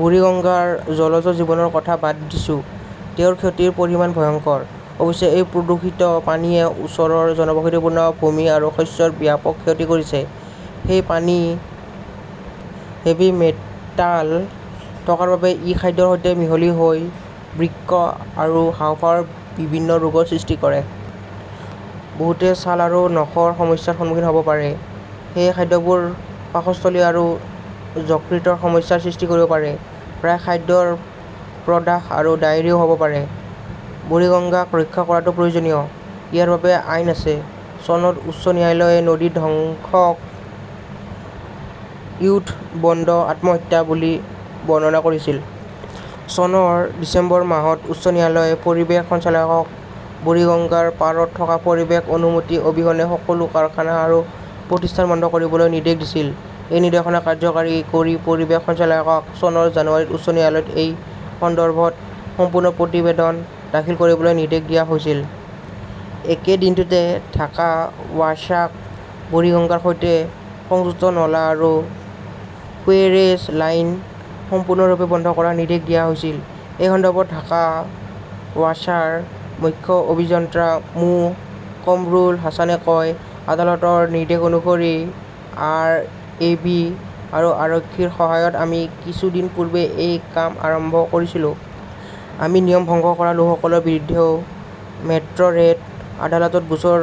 বুৰিগঙ্গাৰ জলজ জীৱনৰ কথা বাদ দিছো। তেওঁৰ ক্ষতিৰ পৰিমাণ ভয়ংকৰ। অৱশ্যে, এই প্ৰদূষিত পানীয়ে ওচৰৰ জনবসতিপূৰ্ণ ভূমি আৰু শস্যৰ ব্যাপক ক্ষতি কৰিছে। সেই পানীত হেভি মেটাল থকাৰ বাবে ই খাদ্যৰ সৈতে মিহলি হৈ বৃক্ক আৰু হাঁওফাঁওৰ বিভিন্ন ৰোগৰ সৃষ্টি কৰে। বহুতে ছাল আৰু নখৰ সমস্যাৰ সন্মুখীন হ'ব পাৰে। সেই খাদ্যবোৰে পাকস্থলী আৰু যকৃতৰ সমস্যাৰ সৃষ্টি কৰিব পাৰে। প্ৰায়ে খাদ্যৰ প্ৰদাহ আৰু ডায়েৰিয়াও হ'ব পাৰে। বুৰিগংগাক ৰক্ষা কৰাটো প্ৰয়োজনীয়। ইয়াৰ বাবে আইন আছে। চনত উচ্চ ন্যায়ালয়ে নদী ধ্বংসক য়ুথবন্দ আত্মহত্যা বুলি বৰ্ণনা কৰিছিল। চনৰ ডিচেম্বৰ মাহত উচ্চ ন্যায়ালয়ে পৰিৱেশ সঞ্চালকালয়ক বুৰিগঙ্গাৰ পাৰত থকা পৰিৱেশ অনুমতি অবিহনে সকলো কাৰখানা আৰু প্ৰতিষ্ঠান বন্ধ কৰিবলৈ নিৰ্দেশ দিছিল। এই নিৰ্দেশনা কাৰ্যকৰী কৰি পৰিৱেশ সঞ্চালকালয়ক চনৰ জানুৱাৰীত উচ্চ ন্যায়ালয়ত এই সন্দৰ্ভত সম্পূৰ্ণ প্ৰতিবেদন দাখিল কৰিবলৈ নিৰ্দেশ দিয়া হৈছিল। একে দিনটোতে ঢাকা ৱাছাক বুৰিগঙ্গাৰ সৈতে সংযুক্ত নলা আৰু সুৱেৰেজ লাইন সম্পূৰ্ণৰূপে বন্ধ কৰাৰ নিৰ্দেশ দিয়া হৈছিল। এই সন্দৰ্ভত ঢাকা ৱাছাৰ মুখ্য অভিযন্তা মো. কামৰুল হাছানে কয়, আদালতৰ নিৰ্দেশ অনুসৰি আৰএবি আৰু আৰক্ষীৰ সহায়ত আমি কিছুদিন পূৰ্বে এই কাম আৰম্ভ কৰিছিলো। আমি নিয়ম ভংগ কৰা লোকসকলৰ বিৰুদ্ধেও মেট্ৰ'ৰেট আদালতত গোচৰ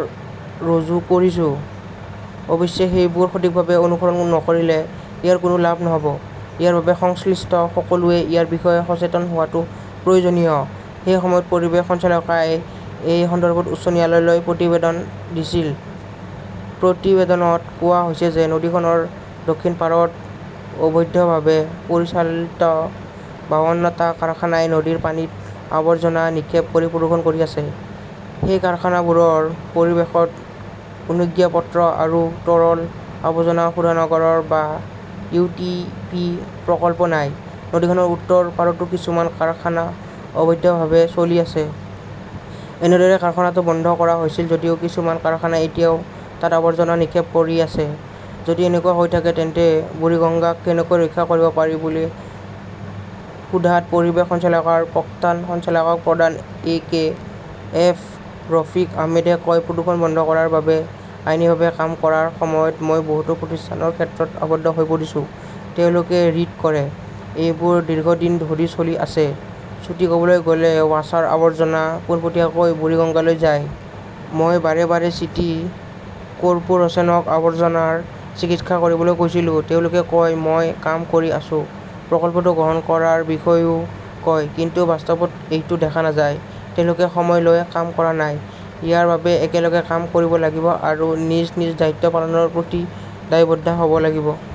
ৰুজু কৰিছো। অৱশ্যে, সেইবোৰ সঠিকভাৱে অনুসৰণ নকৰিলে ইয়াৰ কোনো লাভ নহ'ব। ইয়াৰ বাবে সংশ্লিষ্ট সকলোৱে ইয়াৰ বিষয়ে সচেতন হোৱাটো প্ৰয়োজনীয়। সেই সময়ত পৰিৱেশ সঞ্চালকালয়ই এই সন্দৰ্ভত উচ্চ ন্যায়ালয়লৈ প্ৰতিবেদন দিছিল। প্ৰতিবেদনত কোৱা হৈছে যে নদীখনৰ দক্ষিণ পাৰত অবৈধভাৱে পৰিচালিত বাৱন্ন টা কাৰখানাই নদীৰ পানীত আৱৰ্জনা নিক্ষেপ কৰি প্ৰদূষণ কৰি আছে। সেই কাৰখানাবোৰৰ পৰিৱেশগত অনুজ্ঞাপত্ৰ আৰু তৰল আৱৰ্জনা শোধনাগাৰ বা ইটিপি প্ৰকল্প নাই। নদীখনৰ উত্তৰ পাৰতো কিছুমান কাৰখানা অবৈধভাৱে চলি আছে। এনেদৰে কাৰখানাটো বন্ধ কৰা হৈছিল যদিও কিছুমান কাৰখানাই এতিয়াও তাত আৱৰ্জনা নিক্ষেপ কৰি আছে। যদি এনেকুৱা হৈ থাকে তেন্তে বুৰিগংগাক কেনেকৈ ৰক্ষা কৰিব পাৰি বুলি সোধাত পৰিৱেশ সঞ্চালকালয়ৰ প্ৰাক্তন সঞ্চালক প্ৰধান এ. কে. এম. ৰফিক আহমেদে কয়, প্ৰদূষণ বন্ধ কৰাৰ বাবে আইনীভাৱে কাম কৰাৰ সময়ত মই বহুতো প্ৰতিষ্ঠানৰ ক্ষেত্ৰত আবদ্ধ হৈ পৰিছো। তেওঁলোকে ৰিট কৰে। এইবোৰ দীৰ্ঘদিন ধৰি চলি আছে। চুটি ক'বলৈ গ'লে ৱাছাৰ আৱৰ্জনা পোনপটীয়াকৈ বুৰিগঙ্গালৈ যায়। মই বাৰে বাৰে চিটি কৰ্পোৰেচনক আৱৰ্জনাৰ চিকিৎসা কৰিবলৈ কৈছিলো। তেওঁলোকে কয় মই কাম কৰি আছো। প্ৰকল্পটো গ্ৰহণ কৰাৰ বিষয়েও কয়। কিন্তু বাস্তৱত এইটো দেখা নাযায়। তেওঁলোকে সময় লয়, কাম কৰা নাই। ইয়াৰ বাবে একেলগে কাম কৰিব লাগিব আৰু নিজ নিজ দায়িত্ব পালনৰ প্ৰতি দায়বদ্ধ হ'ব লাগিব।